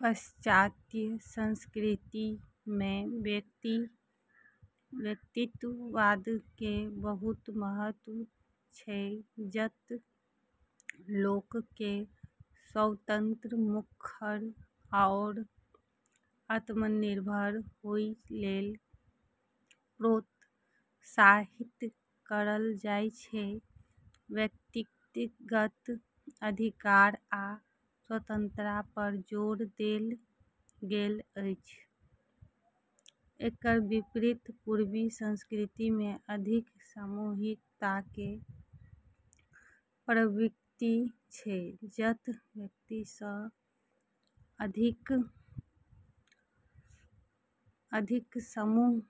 पाश्चात्य संस्कृतिमे व्यक्तिवादके बहुत महत्व छै, जतऽ लोकके स्वतंत्र, मुखर, आओर आत्मनिर्भर होइ लेल प्रोत्साहित करल जाइ छै। व्यक्तिगत अधिकार आ स्वतंत्रता पर जोर देल गेल अछि। एकर विपरीत पूर्वी संस्कृतिमे अधिक सामूहिकताके प्रवृत्ति छै, जतऽ व्यक्तिसँ अधिक समूह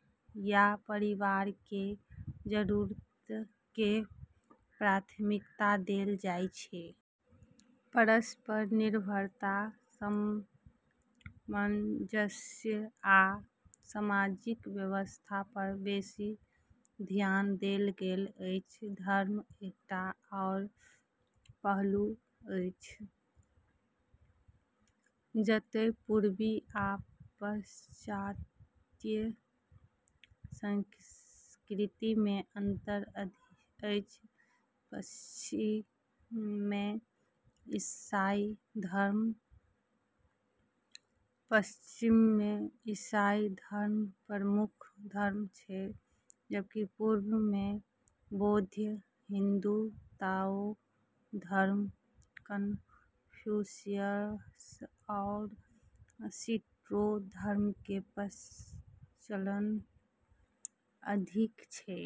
या परिवारके जरूरतके प्राथमिकता देल जाइ छै। परस्पर निर्भरता, सामंजस्य, आ सामाजिक व्यवस्था पर बेशी धियान देल गेल अछि। धर्म एकटा आओर पहलू अछि जतय पूर्वी आ पाश्चात्य संस्कृतिमे अंतर अछि पश्चिममे ईसाई धर्म प्रमुख धर्म छै, जबकि पूर्वमे बौद्ध, हिन्दू, ताओ धर्म, कन्फ्यूशियस, आओर शिंटो धर्मके प्रचलन अधिक छै।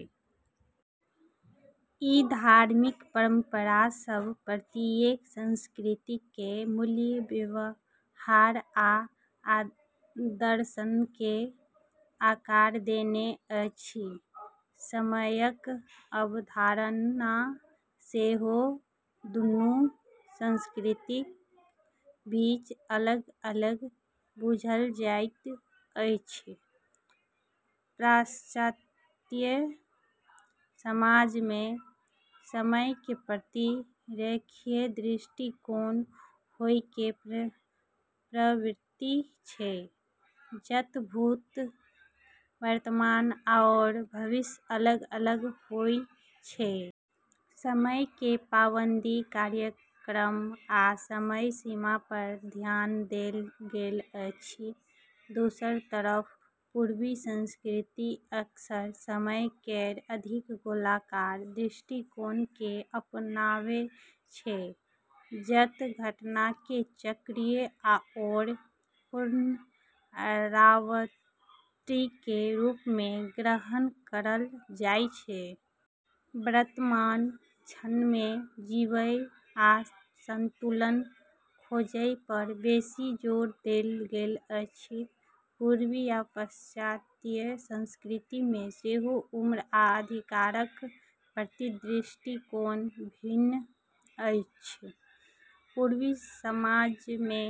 ई धार्मिक परंपरा सब प्रत्येक संस्कृतिके मूल्य, व्यवहार, आ दर्शनके आकार देने अछि समयक अवधारणा सेहो दुन्नु संस्कृतिक बीच अलग-अलग बूझल जाइत अछि पाश्चात्य समाजमे समयके प्रति रेखीय दृष्टिकोण होइके प्रवृत्ति छै, जतऽ भूत, वर्तमान आओर भविष्य अलग-अलग होइ छै। समयके पाबंदी, कार्यक्रम, आ समय सीमा पर ध्यान देल गेल अछि। दोसर तरफ पूर्वी संस्कृति अक्सर समय केर अधिक गोलाकार दृष्टिकोणके अपनाबै छै, जतऽ घटनाके चक्रीय आओर पुनरावर्तीके रूपमे ग्रहण करल जाइ छै। वर्तमान क्षणमे जीबय आ संतुलन खोजय पर बेशी जोर देल गेल अछि । पूर्वी आ पाश्चात्य संस्कृतिमे सेहो उम्र आ अधिकारक प्रति दृष्टिकोण भिन्न अछि पूर्वी समाजमे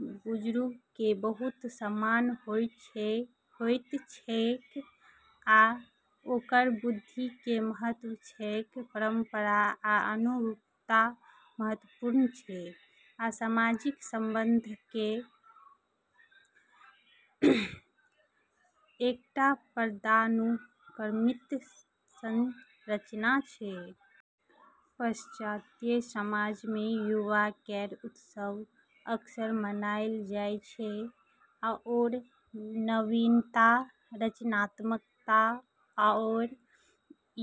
बुजुर्गके बहुत सम्मान होइत छैक आ ओकर बुद्धिके महत्व छैक परंपरा आ अनुरूपता महत्वपूर्ण छै, आ सामाजिक संबंधके एकटा पदानुक्रमित संरचना छै । पाश्चात्य समाजमे युवा केर उत्सव अक्सर मनाइल जाइ छै, आओर नवीनता, रचनात्मकता, आओर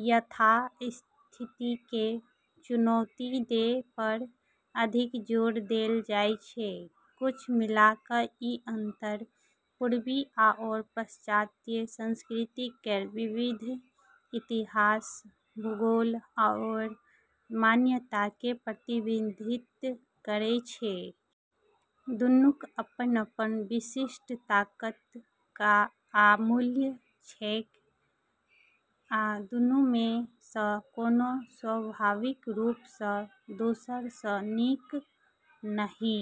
यथास्थितिके चुनौती दै पर अधिक जोर देल जाइ छै। कुल मिला क' ई अंतर पूर्वी आओर पाश्चात्य संस्कृति केर विविध इतिहास, भूगोल, आओर मान्यताके प्रतिबिंबित करै छै। दुन्नूक अपन-अपन विशिष्ट ताकत आ मूल्य छैक, आ दुन्नूमे सँ कोनो स्वाभाविक रूप सँ दोसर सँ नीक नहि।